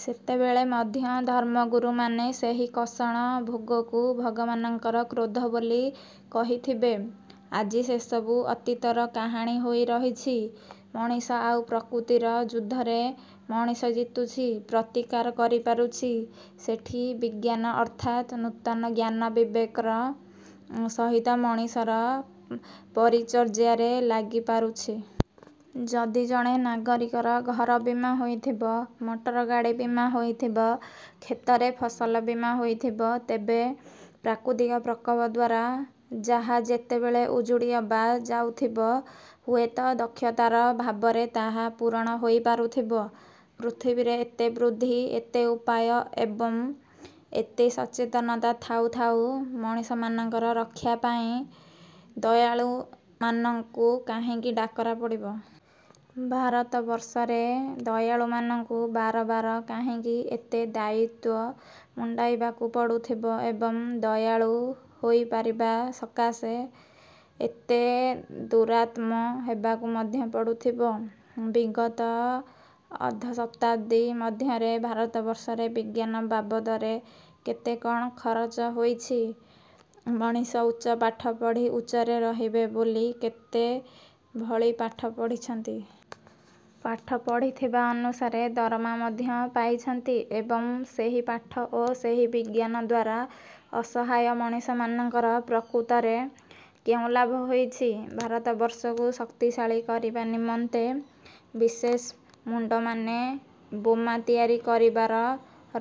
ସେତେବେଳେ ମଧ୍ୟ ଧର୍ମଗୁରୁମାନେ ସେହି କଷଣ ଭୋଗକୁ ଭଗବାନଙ୍କର କ୍ରୋଧ ବୋଲି କହିଥିବେ। ଆଜି ସେସବୁ ଅତୀତର କାହାଣୀ ହୋଇ ରହିଛି। ମଣିଷ ଆଉ ପ୍ରକୃତିର ଯୁଦ୍ଧରେ ମଣିଷ ଜିତୁଛି ପ୍ରତିକାର କରିପାରୁଛି। ସେଠି ବିଜ୍ଞାନ ଅର୍ଥାତ୍ ନୂତନ ଜ୍ଞାନ ବିବେକର ସହିତ ମଣିଷର ପରିଚର୍ଯ୍ୟାରେ ଲାଗିପାରୁଛି। ଯଦି ଜଣେ ନାଗରିକର ଘର ବୀମା ହୋଇଥିବ, ମଟରଗାଡ଼ି ବୀମା ହୋଇଥିବ, କ୍ଷେତରେ ଫସଲ ବୀମା ହୋଇଥିବ, ତେବେ ପ୍ରାକୃତିକ ପ୍ରକୋପ ଦ୍ଵାରା ଯାହା ଯେତେବେଳେ ଉଜୁଡ଼ି ଅବା ଯାଉଥିବ, ହୁଏତ ଦକ୍ଷତାର ଭାବରେ ତାହା ପୂରଣ ହୋଇପାରୁଥିବ। ପୃଥିବୀରେ ଏତେ ବୁଦ୍ଧି, ଏତେ ଉପାୟ ଏବଂ ଏତେ ସଚେତନତା ଥାଉ ଥାଉ ମଣିଷମାନଙ୍କର ରକ୍ଷା ପାଇଁ ଦୟାଳୁମାନଙ୍କୁ କାହିଁକି ଡାକରା ପଡ଼ିବ? ଭାରତବର୍ଷରେ ଦୟାଳୁମାନଙ୍କୁ ବାରବାର କାହିଁକି? ଏତେ ଦାୟିତ୍ଵ ମୁଣ୍ଡାଇବାକୁ ପଡୁଥବ ଏବଂ ଦୟାଳୁ ହୋଇପାରିବା ସକାଶେ ଏତେ ଦୁରାତ୍ମ ହେବାକୁ ମଧ୍ୟ ପଡୁଥିବ? ବିଗତ ଅଧଶତାବ୍ଦୀ ମଧ୍ୟରେ ଭାରତବର୍ଷରେ ବିଜ୍ଞାନ ବାବଦରେ କେତେ କ'ଣ ଖରଚ ହୋଇଛି। ମଣିଷ ଉଚ୍ଚ ପାଠ ପଢ଼ି ଉଚ୍ଚରେ ରହିବେ ବୋଲି କେତେ ଭଳି ପାଠ ପଢ଼ିଛନ୍ତି। ପାଠ ପଢ଼ିଥିବା ଅନୁସାରେ ଦରମା ମଧ୍ୟ ପାଇଛନ୍ତି ଏବଂ ସେହି ପାଠ ଓ ସେହି ବିଜ୍ଞାନ ଦ୍ଵାରା ଅସହାୟ ମଣିଷମାନଙ୍କର ପ୍ରକୃତରେ କେଉଁ ଲାଭ ହୋଇଛି? ଭାରତବର୍ଷକୁ ଶକ୍ତିଶାଳୀ କରିବା ନିମନ୍ତେ ବିଶେଷ ମୁଣ୍ଡମାନେ ବୋମା ତିଆରି କରିବାର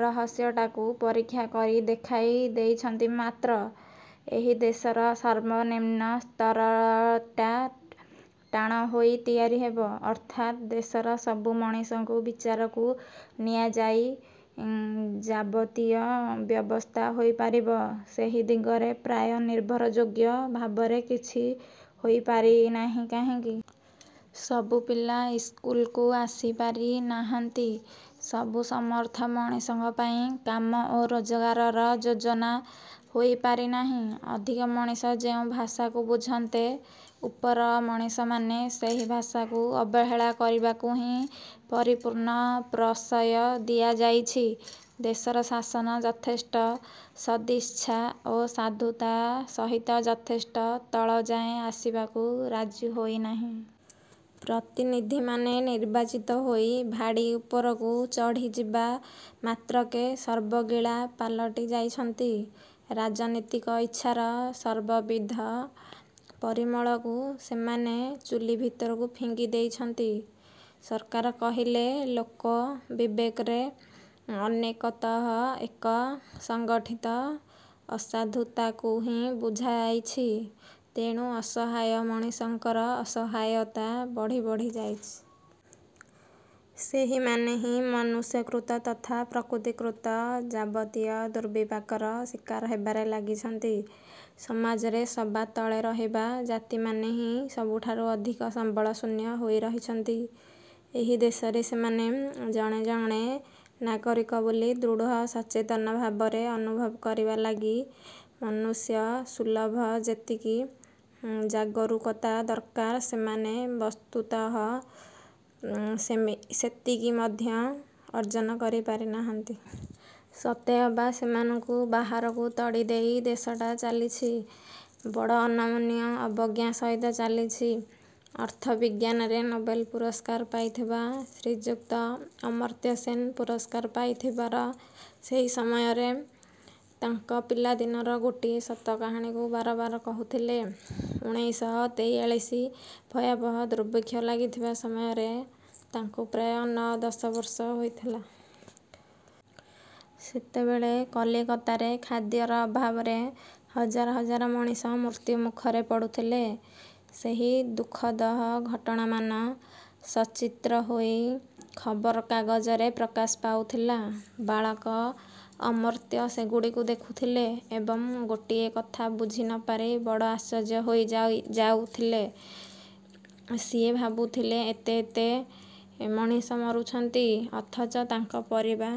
ରହସ୍ୟଟାକୁ ପରୀକ୍ଷା କରି ଦେଖାଇ ଦେଇଛନ୍ତି ମାତ୍ର, ଏହି ଦେଶର ସର୍ବନିମ୍ନ ସ୍ତରଟା ଟାଣ ହୋଇ ତିଆରି ହେବ, ଅର୍ଥାତ୍ ଦେଶର ସବୁ ମଣିଷଙ୍କୁ ବିଚାରକୁ ନିଆଯାଇ ଯାବତୀୟ ବ୍ୟବସ୍ଥା ହୋଇପାରିବ, ସେହି ଦିଗରେ ପ୍ରାୟ ନିର୍ଭରଯୋଗ୍ୟ ଭାବରେ କିଛି ହୋଇପାରିନାହିଁ କାହିଁକି? ସବୁ ପିଲା ଇସ୍କୁଲକୁ ଆସି ପାରିନାହାନ୍ତି, ସବୁ ସମର୍ଥ ମଣିଷଙ୍କ ପାଇଁ କାମ ଓ ରୋଜଗାରର ଯୋଜନା ହୋଇପାରିନାହିଁ। ଅଧିକ ମଣିଷ ଯେଉଁ ଭାଷାକୁ ବୁଝନ୍ତେ, ଉପର ମଣିଷମାନେ ସେହି ଭାଷାକୁ ଅବହେଳା କରିବାକୁ ହିଁ ପରିପୂର୍ଣ୍ଣ ପ୍ରଶ୍ରୟ ଦିଆଯାଇଛି। ଦେଶର ଶାସନ ଯଥେଷ୍ଟ ସଦିଚ୍ଛା ଓ ସାଧୁତା ସହିତ ଯଥେଷ୍ଟ ତଳଯାଏ ଆସିବାକୁ ରାଜି ହୋଇନାହିଁ। ପ୍ରତିନିଧିମାନେ ନିର୍ବାଚିତ ହୋଇ ଭାଡ଼ି ଉପରକୁ ଚଢ଼ିଯିବା ମାତ୍ରକେ ସର୍ବଗିଳା ପାଲଟି ଯାଇଛନ୍ତି। ରାଜନୀତିକ ଇଚ୍ଛାର ସର୍ବବିଧ ପରିମଳକୁ ସେମାନେ ଚୂଲି ଭିତରକୁ ଫିଙ୍ଗି ଦେଇଛନ୍ତି। ସରକାର କହିଲେ ଲୋକ ବିବେକରେ ଅନେକତଃ ଏକ ସଂଗଠିତ ଅସାଧୁତାକୁ ହିଁ ବୁଝାଇଛି। ତେଣୁ, ଅସହାୟ ମଣିଷଙ୍କର ଅସହାୟତା ବଢ଼ି ବଢ଼ି ଯାଇଛି। ସେହିମାନେ ହିଁ ମନୁଷ୍ୟକୃତ ତଥା ପ୍ରକୃତିକୃତ ଯାବତୀୟ ଦୁର୍ବିପାକର ଶିକାର ହେବାରେ ଲାଗିଛନ୍ତି। ସମାଜରେ ସବା ତଳେ ରହିବା ଜାତିମାନେ ହିଁ ସବୁଠାରୁ ଅଧିକ ସମ୍ବଳଶୂନ୍ୟ ହୋଇ ରହିଛନ୍ତି। ଏହି ଦେଶରେ ସେମାନେ ଜଣେ ଜଣେ ନାଗରିକ ବୋଲି ଦୃଢ଼ସଚେତନ ଭାବରେ ଅନୁଭବ କରିବା ଲାଗି ମନୁଷ୍ୟସୁଲଭ ଯେତିକି ଜାଗରୂକତା ଦରକାର, ସେମାନେ ବସ୍ତୁତଃ ସେମି ସେତିକି ମଧ୍ୟ ଅର୍ଜନ କରି ପାରିନାହାନ୍ତି। ସତେଅବା ସେମାନଙ୍କୁ ବାହାରକୁ ତଡ଼ିଦେଇ ଦେଶଟା ଚାଲିଛି, ବଡ଼ ଅନମନୀୟ ଅବଜ୍ଞା ସହିତ ଚାଲିଛି। ଅର୍ଥବିଜ୍ଞାନରେ ନୋବେଲ ପୁରସ୍କାର ପାଇଥିବା ଶ୍ରୀଯୁକ୍ତ ଅମର୍ତ୍ତ୍ୟ ସେନ ପୁରସ୍କାର ପାଇଥିବାର ସେହି ସମୟରେ ତାଙ୍କ ପିଲାଦିନର ଗୋଟିଏ ସତ କାହାଣୀକୁ ବାରବାର କହୁଥିଲେ। ଉଣେଇଶହ ତେଇଆଳୀଶି ଭୟାବହ ଦୁର୍ଭିକ୍ଷ ଲାଗିଥିବା ସମୟରେ, ତାଙ୍କୁ ପ୍ରାୟ ନଅ ଦଶ ବର୍ଷ ହୋଇଥିଲା। ସେତେବେଳେ କଲିକତାରେ ଖାଦ୍ୟର ଅଭାବରେ, ହଜାର ହଜାର ମଣିଷ ମୃତ୍ୟୁମୁଖରେ ପଡୁଥିଲେ। ସେହି ଦୁଃଖଦ ଘଟଣାମାନ ସଚିତ୍ର ହୋଇ ଖବରକାଗଜରେ ପ୍ରକାଶ ପାଉଥିଲା। ବାଳକ ଅମର୍ତ୍ତ୍ୟ ସେଗୁଡ଼ିକୁ ଦେଖୁଥିଲେ ଏବଂ ଗୋଟିଏ କଥା ବୁଝି ନପାରି ବଡ଼ ଆଶ୍ଚର୍ଯ୍ୟ ହୋଇ ଯାଇ ଯାଉଥିଲେ। ସିଏ ଭାବୁଥିଲେ, ଏତେ ଏତେ ମଣିଷ ମରୁଛନ୍ତି, ଅଥଚ ତାଙ୍କ ପରିବା